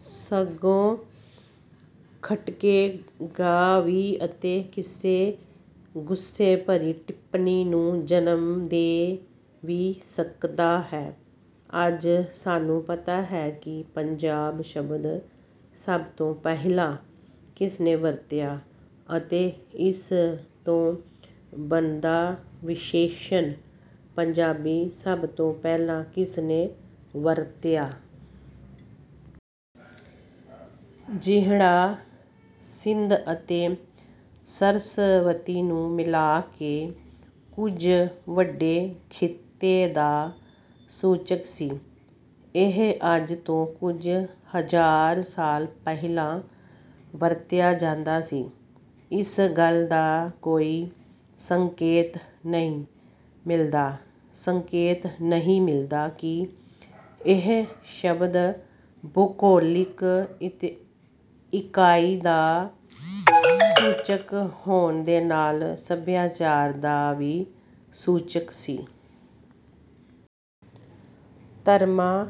ਸਗੋਂ ਖਟਕੇਗਾ ਵੀ ਅਤੇ ਕਿਸੇ ਗੁੱਸੇ ਭਰੀ ਟਿੱਪਣੀ ਨੂੰ ਜਨਮ ਦੇ ਵੀ ਸਕਦਾ ਹੈ। ਅੱਜ ਸਾਨੂੰ ਪਤਾ ਹੈ ਕਿ ਪੰਜਾਬ ਸ਼ਬਦ ਸਭ ਤੋਂ ਪਹਿਲਾਂ ਕਿਸਨੇ ਵਰਤਿਆ ਅਤੇ ਇਸ ਤੋਂ ਬਣਦਾ ਵਿਸ਼ੇਸ਼ਣ ਪੰਜਾਬੀ ਸਭ ਤੋਂ ਪਹਿਲਾਂ ਕਿਸ ਨੇ ਵਰਤਿਆ। ਜਿਹੜਾ ਸਿੰਧ ਅਤੇ ਸਰਸਵਤੀ ਨੂੰ ਮਿਲਾ ਕੇ ਕੁੱਝ ਵੱਡੇ ਖਿੱਤੇ ਦਾ ਸੂਚਕ ਸੀ। ਇਹ ਅੱਜ ਤੋਂ ਕੁੱਝ ਹਜ਼ਾਰ ਸਾਲ ਪਹਿਲਾਂ ਵਰਤਿਆ ਜਾਂਦਾ ਸੀ। ਇਸ ਗੱਲ ਦਾ ਕੋਈ ਸੰਕੇਤ ਨਹੀਂ ਮਿਲਦਾ ਕਿ ਇਹ ਸ਼ਬਦ ਭੂਗੋਲਿਕ ਇਕਾਈ ਦਾ ਸੂਚਕ ਹੋਣ ਦੇ ਨਾਲ ਸੱਭਿਆਚਾਰ ਦਾ ਵੀ ਸੂਚਕ ਸੀ। ਧਰਮਾਂ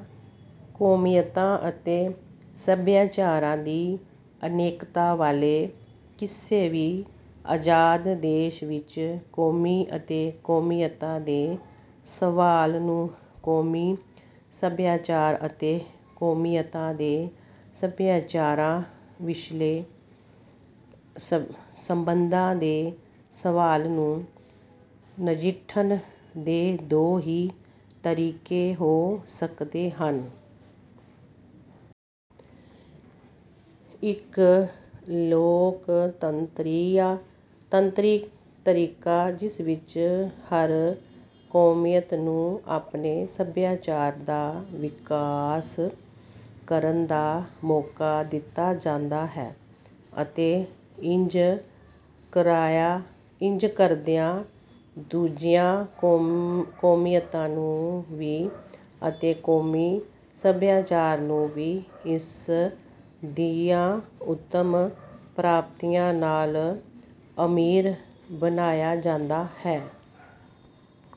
ਕੌਮੀਅਤਾਂ ਅਤੇ ਸੱਭਿਆਚਾਰਾਂ ਦੀ ਅਨੇਕਤਾ ਵਾਲੇ ਕਿਸੇ ਵੀ ਅਜ਼ਾਦ ਦੇਸ਼ ਵਿੱਚ ਕੌਮੀ ਅਤੇ ਕੌਮੀਅਤ ਦੇ ਸਵਾਲ ਨੂੰ ਕੌਮੀ ਸੱਭਿਆਚਾਰ ਅਤੇ ਕੌਮੀਅਤਾਂ ਦੇ ਸੱਭਿਆਚਾਰਾਂ ਵਿੱਚਲੇ ਸਬੰਧਾਂ ਦੇ ਸਵਾਲ ਨੂੰ ਨਜਿੱਠਣ ਦੇ ਦੋ ਹੀ ਤਰੀਕੇ ਹੋ ਸਕਦੇ ਹਨ। ਇੱਕ ਲੋਕਤੰਤਰੀ ਤਰੀਕਾ ਜਿਸ ਵਿੱਚ ਹਰ ਕੌਮੀਅਤ ਨੂੰ ਆਪਣੇ ਸੱਭਿਆਚਾਰ ਦਾ ਵਿਕਾਸ ਕਰਨ ਦਾ ਮੌਕਾ ਦਿੱਤਾ ਜਾਂਦਾ ਹੈ ਅਤੇ ਇੰਜ ਕਰਦਿਆਂ ਦੂਜੀਆਂ ਕੌਮੀਅਤਾਂ ਨੂੰ ਵੀ ਅਤੇ ਕੌਮੀ ਸੱਭਿਆਚਾਰ ਨੂੰ ਵੀ ਇਸ ਦੀਆਂ ਉੱਤਮ ਪ੍ਰਾਪਤੀਆਂ ਨਾਲ ਅਮੀਰ ਬਣਾਇਆ ਜਾਂਦਾ ਹੈ।